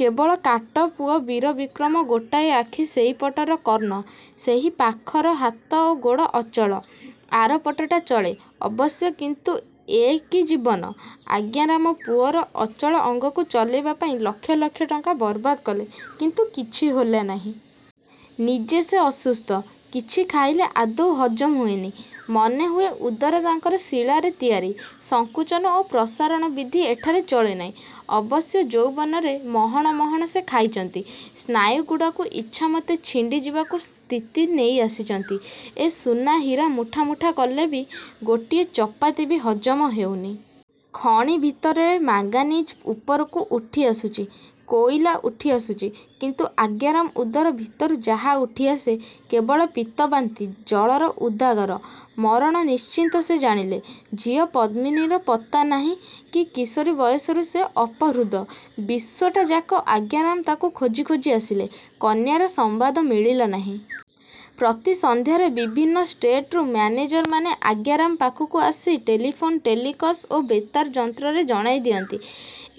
କେବଳ କାଟ… ପୁଅ ବୀରବିକ୍ରମର ଗୋଟାଏ ଆଖି, ସେଇପଟର କର୍ଣ୍ଣ, ସେଇ ପାଖର ହାତ ଓ ଗୋଡ଼ ଅଚଳ। ଆର ପଟଟା ଚଳେ ଅବଶ୍ୟ, କିନ୍ତୁ ଏ କି ଜୀବନ! ଆଜ୍ଞାରାମ ପୁଅର ଅଚଳ ଅଙ୍ଗକୁ ଚଲେଇବା ପାଇଁ ଲକ୍ଷ ଲକ୍ଷ ଟଙ୍କା ବରବାଦ କଲେ; କିନ୍ତୁ କିଛି ହେଲାନାହିଁ। ନିଜେ ସେ ଅସୁସ୍ଥ। କିଛି ଖାଇଲେ ଆଦୌ ହଜମ ହୁଏନି। ମନେହୁଏ ଉଦର ତାଙ୍କର ଶିଳାରେ ତିଆରି ସଂକୁଚନ ଓ ପ୍ରସାରଣ ବିଧି ଏଠାରେ ଚଳେନାହିଁ। ଅବଶ୍ୟ ଯୌବନରେ ମହଣ ମହଣ ସେ ଖାଇଛନ୍ତି। ସ୍ନାୟୁଗୁଡ଼ାକୁ ଇଚ୍ଛାମତେ ଛିଣ୍ଡି ଯିବା ସ୍ଥିତିକୁ ନେଇଆସିଛନ୍ତି। ଏ ସୁନା ହୀରା ମୁଠା ମୁଠା କଲେ ବି ଗୋଟିଏ ଚପାତି ବି ହଜମ ହେଉନି। ଖଣି ଭିତରର ମଙ୍ଗାନିଜ୍ ଉପରକୁ ଉଠିଆସୁଛି, କୋଇଲା ଉଠିଆସୁଛି, କିନ୍ତୁ ଆଜ୍ଞାରାମଙ୍କ ଉଦର ଭିତରୁ ଯାହା ଉଠିଆସେ, କେବଳ ପିତ୍ତବାନ୍ତି–ଜଳର ଉଦଗାର। ମରଣ ନିଶ୍ଚିତ ସେ ଜାଣିଲେ। ଝିଅ ପଦ୍ମିନୀର ପତ୍ତା ନାହିଁ–କିଶୋରୀ ବୟସରୁ ସେ ଅପହୃତା। ବିଶ୍ୱଟାଯାକ ଆଜ୍ଞାରାମ ତାକୁ ଖୋଜି ଆସିଲେ। କନ୍ୟାର ସମ୍ବାଦ ମିଳିଲା ନାହିଁ। ପ୍ରତି ସନ୍ଧ୍ୟାରେ ବିଭିନ୍ନ ଷ୍ଟେଟରୁ ମ୍ୟାନେଜରମାନେ ଆଜ୍ଞାରାମଙ୍କ ପାଖକୁ ଟେଲିଫୋନ୍, ଟେଲେକସ ଓ ବେତାର ଯନ୍ତ୍ରରେ ଜଣାଇଦିଅନ୍ତି,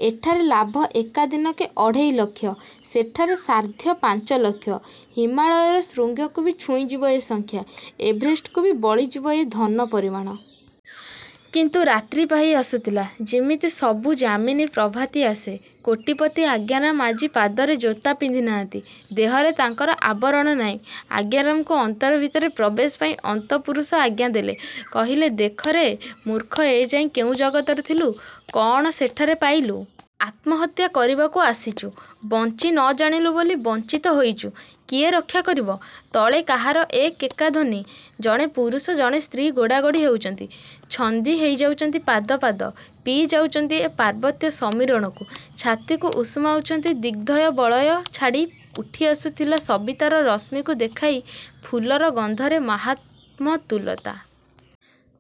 ଏଠାରେ ଲାଭ ଏକା ଦିନକେ ଅଢ଼େଇଲକ୍ଷ, ସେଠାରେ ସାର୍ଦ୍ଧ ପାଞ୍ଚଲକ୍ଷ। ହିମାଳୟର ଶୃଙ୍ଗକୁ ବି ଛୁଇଁଯିବ ଏ ସଂଖ୍ୟା। ଏଭେରେଷ୍ଟକୁ ବି ବଳିଯିବ ଏ ଧନ ପରିମାଣ! କିନ୍ତୁ….. ରାତ୍ରୀ ପାହିଆସୁଥିଲା-ଯିମିତି ସବୁ ଯାମିନୀ ପ୍ରଭାତି ଆସେ। କୋଟିପତି ଆଜ୍ଞାରାମ ଆଜି ପାଦରେ ଯୋତା ପିନ୍ଧିନାହାନ୍ତି-ଦେହରେ ତାଙ୍କର ଆବରଣ ନାହିଁ। ଆଜ୍ଞାରାମଙ୍କୁ ଅନ୍ତର ଭିତରକୁ ପ୍ରବେଶ ପାଇଁ ଅନ୍ତଃପୁରୁଷ ଆଜ୍ଞାଦେଲା। କହିଲା–ଦେଖରେ ମୂର୍ଖ, ଏ ଯାଏ କେଉଁ ଜଗତରେ ଥିଲୁ? କଅଣ ସେଠାରେ ପାଇଥିଲୁ? ଆତ୍ମହତ୍ୟା, କରିବାକୁ ଆସିଛୁ? ବଞ୍ଚି ନଜାଣିଲୁ ବୋଲି ବଞ୍ଚିତ ହୋଇଛୁ। କିଏ ରକ୍ଷା କରିବ? ତଳେ କାହାର ଏ କେକାଧ୍ୱନି… ଜଣେ ପୁରୁଷ, ଜଣେ ସ୍ତ୍ରୀ… ଗୋଡ଼ାଗୋଡ଼ି ହେଉଛନ୍ତି… ଛନ୍ଦି ହୋଇଯାଉଛନ୍ତି ପାଦେ ପାଦେ। ପିଇଯାଉଛନ୍ତି। ଏ ପାର୍ବତ୍ୟ ସମୀରଣକୁ। ଛାତିକୁ ଉଷୁମାଉଁଛନ୍ତି ଦିଗ୍ବଳୟ ଛାଡ଼ି ଉଠିଆସୁଥିବା ସବିତାର ରଶ୍ମିକୁ ଦେଖାଇ… ଫୁଲର ଗନ୍ଧରେ ମହାମତୁଆଲା।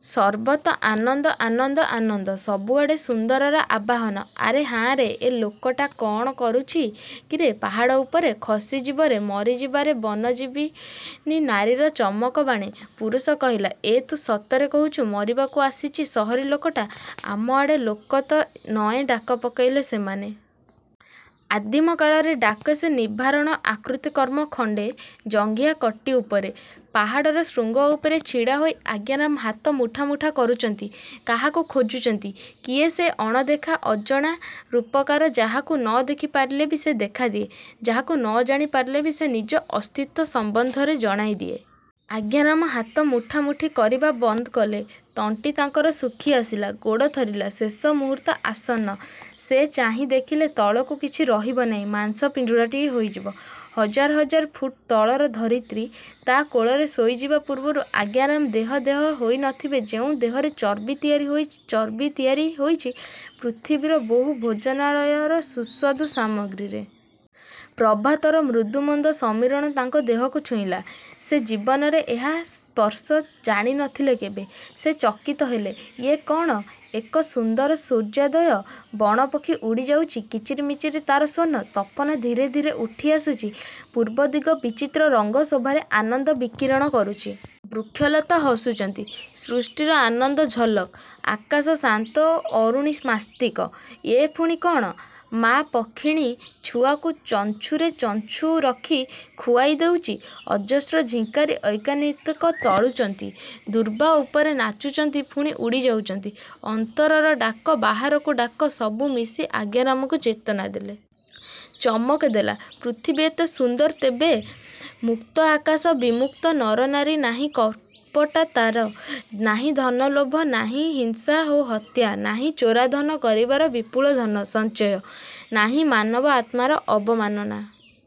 ସର୍ବତ୍ର ଆନନ୍ଦ… ଆନନ୍ଦ… ଆନନ୍ଦ… ସବୁଆଡ଼େ ସୁନ୍ଦରର ଆବାହନ… "-ଆରେ ହାଁରେ, ଏ ଲୋକଟା କଅଣ କରୁଚି କିରେ ପାହାଡ଼ଟା ଉପରେ? ଖସିପଡ଼ିବରେ… ମରିଯିବାରେ" ବନଜୀବିନୀ ନାରୀର ଚମକ ବାଣୀ। ପୁରୁଷ କହିଲା–ଏ, ତୁ ସତରେ କହୁଚୁ, ମରିବାକୁ ଆସିଚିରେ ସହରୀ ଲୋକଟା… ଆମଆଡ଼ ଲୋକତ ଏ ନଏଁ… ଡାକପକାଇଲେ ସେମାନେ! ଆଦିମ କାଳର ଡାକ ସେ-ନିରାଭରଣ, ଅକୃତ୍ରିମ। ଖଣ୍ଡେ ଜଂଘିଆ କଟୀ ଉପରେ। ପାହାଡ଼ର ଶୃଙ୍ଗ ଉପରେ ଛିଡ଼ାହୋଇ ଆଜ୍ଞାରାମ ହାତ ମୁଠା ମୁଠା କରୁଛନ୍ତି-କାହାକୁ ଖୋଜୁଛନ୍ତି-କିଏ ସେ ଅଦେଖା ଅଜଣା ରୂପକାର-ଯାହାକୁ ନ ଦେଖିପାରିଲେ ବି ସେ ଦେଖାଦିଏ, ଯାହାକୁ ନଜାଣିପାରିଲେ ବି ସେ ନିଜ ଅସ୍ତିତ୍ଵ ସମ୍ବନ୍ଧରେ ଜଣେଇଦିଏ। ଆଜ୍ଞାରାମ ହାତ ମୁଠା ମୁଠା କରିବା ବନ୍ଦକଲେ। ତଣ୍ଟି ତାଙ୍କର ଶୁଖି ଆସିଲା। ଗୋଡ଼ ଥରିଲା। ଶେଷ ମୁହୂର୍ତ୍ତ ଆସନ୍ନ। ସେ ଚାହିଁ ଦେଖିଲେ ତଳକୁ-କିଛି ରହିବ ନାହିଁ-ମାଂସ ପିଣ୍ଡୁଳାଟାଏ ହୋଇଯିବ। ହଜାର ହଜାର ଫୁଟ ତଳର ଧରିତ୍ରୀ। ତା କୋଳରେ ଶୋଇଯିବା ପୂର୍ବରୁ ଆଜ୍ଞାରାମଙ୍କ ଦେହ ଦେହ ହୋଇ ନଥିବ-ଯେଉଁ ଦେହର ଚର୍ବି ତିଆରି ହୋଇଛି ପୃଥିବୀର ବହୁ ଭୋଜନାଳୟର ସୁସ୍ୱାଦୁ ସାମଗ୍ରୀରେ। ପ୍ରଭାତର ମୃଦୁମନ୍ଦ ସମୀରଣ ତାଙ୍କ ଦେହ ଛୁଇଁଲା। ସେ ଜୀବନରେ ଏହାର ସ୍ପର୍ଶ ଜାଣି ନ ଥିଲେ କେବେ। ସେ ଚକିତ ହେଲେ। ୟେ କଅଣ? ଏକ ସୁନ୍ଦର ସୂର୍ଯ୍ୟୋଦୟ!! ବଣ ପକ୍ଷୀ ଉଡ଼ିଯାଉଛି। କିଚିରିମିଚିରି ତାର ସ୍ଵନ। ତପନ ଧୀରେ ଉଠିଆସୁଛି। ପୂର୍ବଦିଗ ବିଚିତ୍ର ରଙ୍ଗ ଶୋଭାରେ ଆନନ୍ଦ ବିକିରଣ କରୁଛି। ବୃକ୍ଷଲତା ହସୁଛନ୍ତି। ସୃଷ୍ଟିର ଆନନ୍ଦ ଝଲକ। ଆକାଶ ଶାନ୍ତ ଓ ଅରୁଣିମାସିକ୍ତ। ୟେ ପୁଣି କଅଣ? ମାଆ ପକ୍ଷିଣୀ ଛୁଆକୁ ଚଞ୍ଚୁରେ ଚଞ୍ଚୁ ରଖି ଖୁଆଇ ଦେଉଛି। ଅଜସ୍ର ଝିଙ୍କାରି ଐକ୍ୟତାନ ତୋଳୁଛନ୍ତି। ଦୁର୍ବା ଉପରେ ନାଚୁଛନ୍ତି ପୁଣି ଉଡ଼ିଯାଉଛନ୍ତି। ଅନ୍ତରର ଡାକ, ବାହାରର ଡାକ, ସବୁ ମିଶି ଆଜ୍ଞାରାମକୁ ଚେତନା ଦେଲା... ଚମକ ଦେଲା। ପୃଥିବୀ ଏତେ ସୁନ୍ଦର ତେବେ? ମୁକ୍ତ ଆକାଶ, ବିମୁକ୍ତ ନରନାରୀ, ନାହିଁ କପଟାଚାର, ନାହିଁ ଧନଲୋଭ, ନାହିଁ ହିଂସା ଓ ହତ୍ୟା, ନାହିଁ ଚୋରାଧନ କାରବାରରେ ବିପୁଳ ଧନ ସଞ୍ଚୟ, ନାହିଁ ମାନବ-ଆତ୍ମାର ଅବମାନନା।